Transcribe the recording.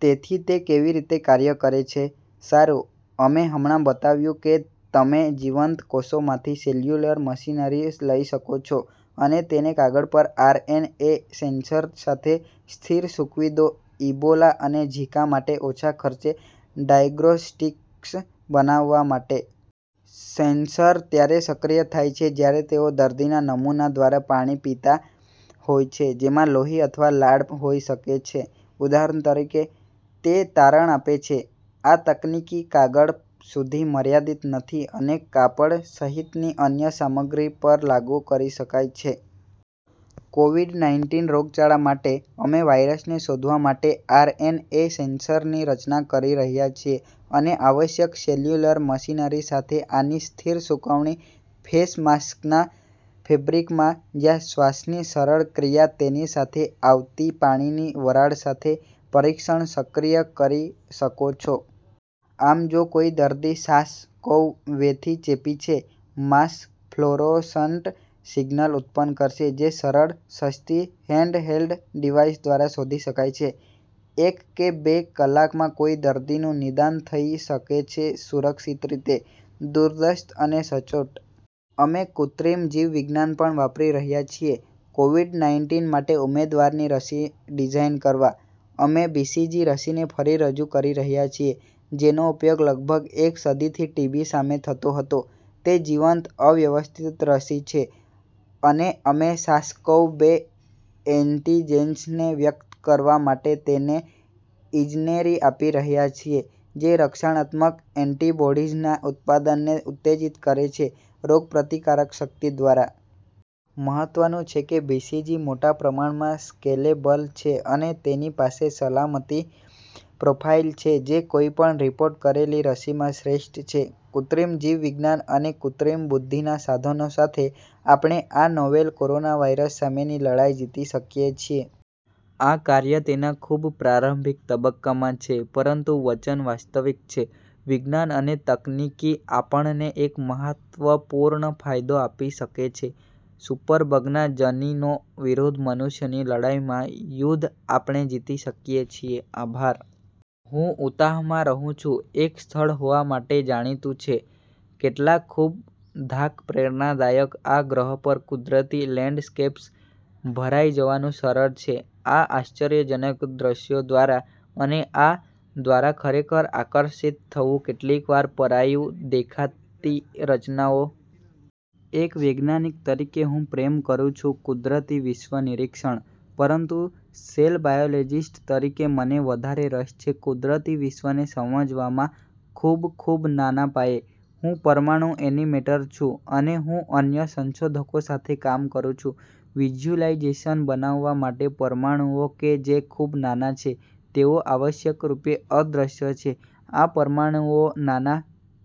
તેથીતે કેવી રીતે કાર્ય કરે છે? સારું, અમે હમણાં બતાવ્યું કે તમે જીવંત કોષોમાંથી સેલ્યુલર મશીનરી લઈ શકો છો અને તેને કાગળ પર આર. એન. એ. સેન્સર સાથે સ્થિર-સૂકવી દો ઇબોલા અને ઝિકા માટે ઓછા ખર્ચે ડાયગ્નોસ્ટિક્સ બનાવવા માટે. સેન્સર ત્યારે સક્રિય થાય છે જ્યારે તેઓ દર્દીના નમૂના દ્વારા પાણી પીતા હોય છે જેમાં લોહી અથવા લાળ હોઈ શકે છે, ઉદાહરણ તરીકે. તે તારણ આપે છે, આ તકનીકી કાગળ સુધી મર્યાદિત નથી અને કાપડ સહિતની અન્ય સામગ્રી પર લાગુ કરી શકાય છે. કોવીડ-નાઇનટીન રોગચાળા માટે, અમે વાયરસને શોધવા માટે આરએનએ સેન્સરની રચના કરી રહ્યા છીએ અને આવશ્યક સેલ્યુલર મશીનરી સાથે આની સ્થિર-સૂકવણી ફેસ માસ્કના ફેબ્રિકમાં, જ્યાં શ્વાસની સરળ ક્રિયા, તેની સાથે આવતી પાણીની વરાળ સાથે, પરીક્ષણ સક્રિય કરી શકો છો। આમ, જો કોઈ દર્દી સાર્સ-કોવ-બે થી ચેપી છે, માસ્ક ફ્લોરોસન્ટ સિગ્નલ ઉત્પન્ન કરશે જે સરળ, સસ્તી હેન્ડહેલ્ડ ડિવાઇસ દ્વારા શોધી શકાય છે। એક કે બે કલાકમાં, કોઈ દર્દીનું નિદાન થઈ શકે છે સુરક્ષિત રીતે, દૂરસ્થ અને સચોટ. અમે કૃત્રિમ જીવવિજ્ઞાન પણ વાપરી રહ્યા છીએ કોવીડ-નાઇનટીન માટે ઉમેદવારની રસી ડિઝાઇન કરવા. અમે બીસીજી રસીને ફરી રજૂ કરી રહ્યા છીએ, જેનો ઉપયોગ લગભગ એક સદીથી ટીબી સામે થતો હતો. તે જીવંત અવ્યવસ્થિત રસી છે, અને અમે સાર્સ-કોવ-બે એન્ટિજેન્સને વ્યક્ત કરવા માટે તેને ઇજનેરી આપી રહ્યા છીએ, જે રક્ષણાત્મક એન્ટિબોડીઝના ઉત્પાદનને ઉત્તેજિત કરે છે રોગપ્રતિકારક શક્તિ દ્વારા। મહત્વનું છે કે, બીસીજી મોટા પ્રમાણમાં સ્કેલેબલ છે અને તેની પાસે સલામતી પ્રોફાઇલ છે જે કોઈ પણ રીપોર્ટ કરેલી રસીમાં શ્રેષ્ઠ છે. કૃત્રિમ જીવવિજ્ઞાન અને કૃત્રિમ બુદ્ધિના સાધનો સાથે, આપણે આ નોવેલ કોરોનાવાયરસ સામેની લડાઈ જીતી શકીએ છીએ. આ કાર્ય તેના ખૂબ પ્રારંભિક તબક્કામાં છે, પરંતુ વચન વાસ્તવિક છે. વિજ્ઞાન અને તકનીકી આપણને એક મહત્વપૂર્ણ ફાયદો આપી શકે છે સુપર બગના જનીનો વિરુદ્ધ મનુષ્યની લડાઇમાં, યુદ્ધ આપણે જીતી શકીએ છીએ. આભાર. હું ઉતાહમાં રહું છું, એક સ્થળ હોવા માટે જાણીતું છે કેટલાક ખૂબ ધાક-પ્રેરણાદાયક આ ગ્રહ પર કુદરતી લેન્ડસ્કેપ્સ. ભરાઈ જવાનું સરળ છે આ આશ્ચર્યજનક દૃશ્યો દ્વારા, અને આ દ્વારા ખરેખર આકર્ષિત થવું કેટલીકવાર પરાયું દેખાતી રચનાઓ. એક વૈજ્ઞાનિક તરીકે, હું પ્રેમ કરું છું કુદરતી વિશ્વ નિરીક્ષણ. પરંતુ સેલ બાયોલોજિસ્ટ તરીકે, મને વધારે રસ છે કુદરતી વિશ્વને સમજવામાં ખૂબ, ખૂબ નાના પાયે. હું પરમાણુ એનિમેટર છું, અને હું અન્ય સંશોધકો સાથે કામ કરું છું વિઝ્યુલાઇઝેશન બનાવવા માટે પરમાણુઓ કે જે ખૂબ નાના છે, તેઓ આવશ્યકરૂપે અદ્રશ્ય છે. આ પરમાણુઓ નાના